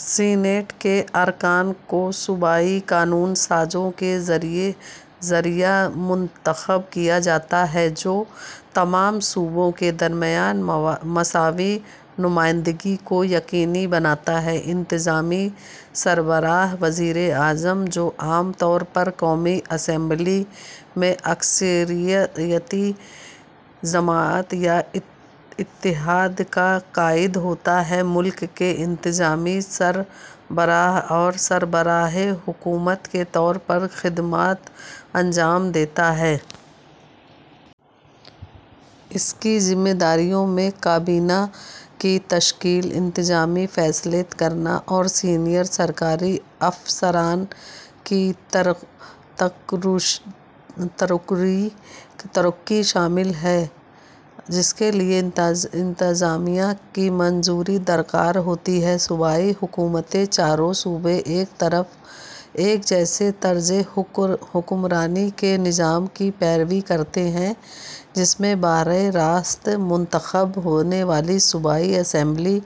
Senate کے ارکان کو صوبائی قانون سازوں کے ذریعے منتخب کیا جاتا ہے، جو تمام صوبوں کے درمیان مساوی نمائندگی کو یقینی بناتا ہے۔ انتظامی سربراہ: وزیر اعظم، جو عام طور پر قومی اسمبلی میں اکثریتی جماعت یا اتحاد کا قائد ہوتا ہے، ملک کے انتظامی سربراہ اور سربراہ حکومت کے طور پر خدمات انجام دیتا ہے۔ اس کی ذمہ داریوں میں کابینہ کی تشکیل، انتظامی فیصلے کرنا اور سینئر سرکاری افسران کی تقرری شامل ہے، جس کے لیے انتظامیہ کی منظوری درکار ہوتی ہے۔ صوبائی حکومتیں: چاروں صوبے ایک جیسے طرز حکمرانی کے نظام کی پیروی کرتے ہیں، جس میں براہ راست منتخب ہونے والی صوبائی اسمبلی،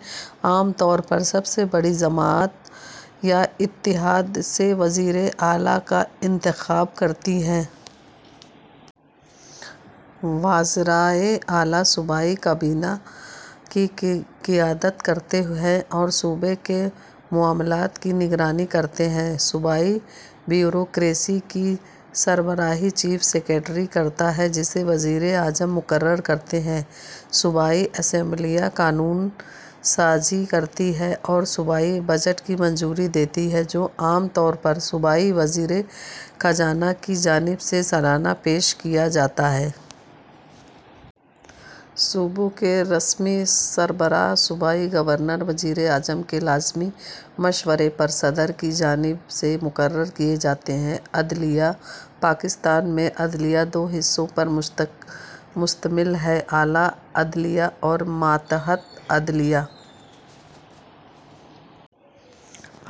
عام طور پر سب سے بڑی جماعت یا اتحاد سے وزیر اعلیٰ کا انتخاب کرتی ہے۔ وزرائے اعلیٰ صوبائی کابینہ کی قیادت کرتے ہیں اور صوبے کے معاملات کی نگرانی کرتے ہیں۔ صوبائی بیوروکریسی کی سربراہی چیف سیکرٹری کرتا ہے، جسے وزیر اعظم مقرر کرتے ہیں۔ صوبائی اسمبلیاں قانون سازی کرتی ہیں اور صوبائی بجٹ کی منظوری دیتی ہیں، جو عام طور پر صوبائی وزیر خزانہ کی جانب سے سالانہ پیش کیا جاتا ہے۔ صوبوں کے رسمی سربراہ، صوبائی گورنر، وزیر اعظم کے لازمی مشورے پر صدر کی جانب سے مقرر کیے جاتے ہیں۔ عدلیہ: پاکستان میں عدلیہ دو حصوں پر مشتمل ہے: اعلیٰ عدلیہ اور ماتحت عدلیہ۔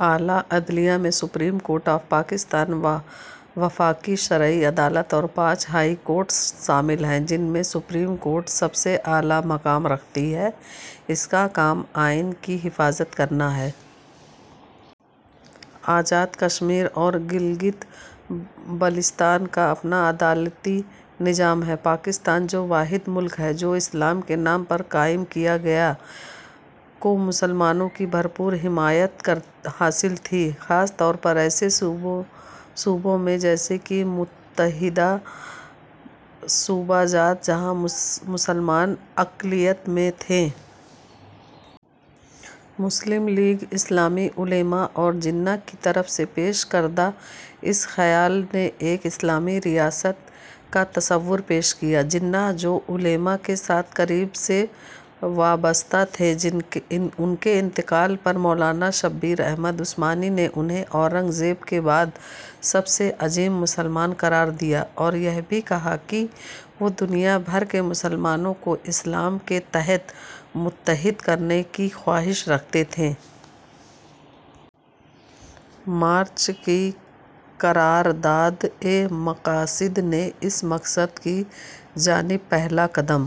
اعلیٰ عدلیہ میں سپریم کورٹ آف پاکستان، وفاقی شرعی عدالت اور پانچ ہائی کورٹس شامل ہیں، جن میں سپریم کورٹ سب سے اعلیٰ مقام رکھتی ہے۔ اس کا کام آئین کی حفاظت کرنا ہے۔ آزاد کشمیر اور گلگت بلتستان کا اپنا عدالتی نظام ہے۔ پاکستان، جو واحد ملک ہے جو اسلام کے نام پر قائم کیا گیا، کو مسلمانوں کی بھرپور حمایت حاصل تھی، خاص طور پر ایسے صوبوں میں جیسے کہ متحدہ صوبہ جات، جہاں مسلمان اقلیت میں تھے۔ مسلم لیگ، اسلامی علما اور جناح کی طرف سے پیش کردہ اس خیال نے ایک اسلامی ریاست کا تصور پیش کیا۔ جناح، جو علما کے ساتھ قریب سے وابستہ تھے، ان کے انتقال پر مولانا شبیر احمد عثمانی نے انھیں اورنگزیب کے بعد سب سے عظیم مسلمان قرار دیا اور یہ بھی کہا کہ وہ دنیا بھر کے مسلمانوں کو اسلام کے تحت متحد کرنے کی خواہش رکھتے تھے۔ مارچ کی قراردادِ مقاصد نے اس مقصد کی جانب پہلا قدم۔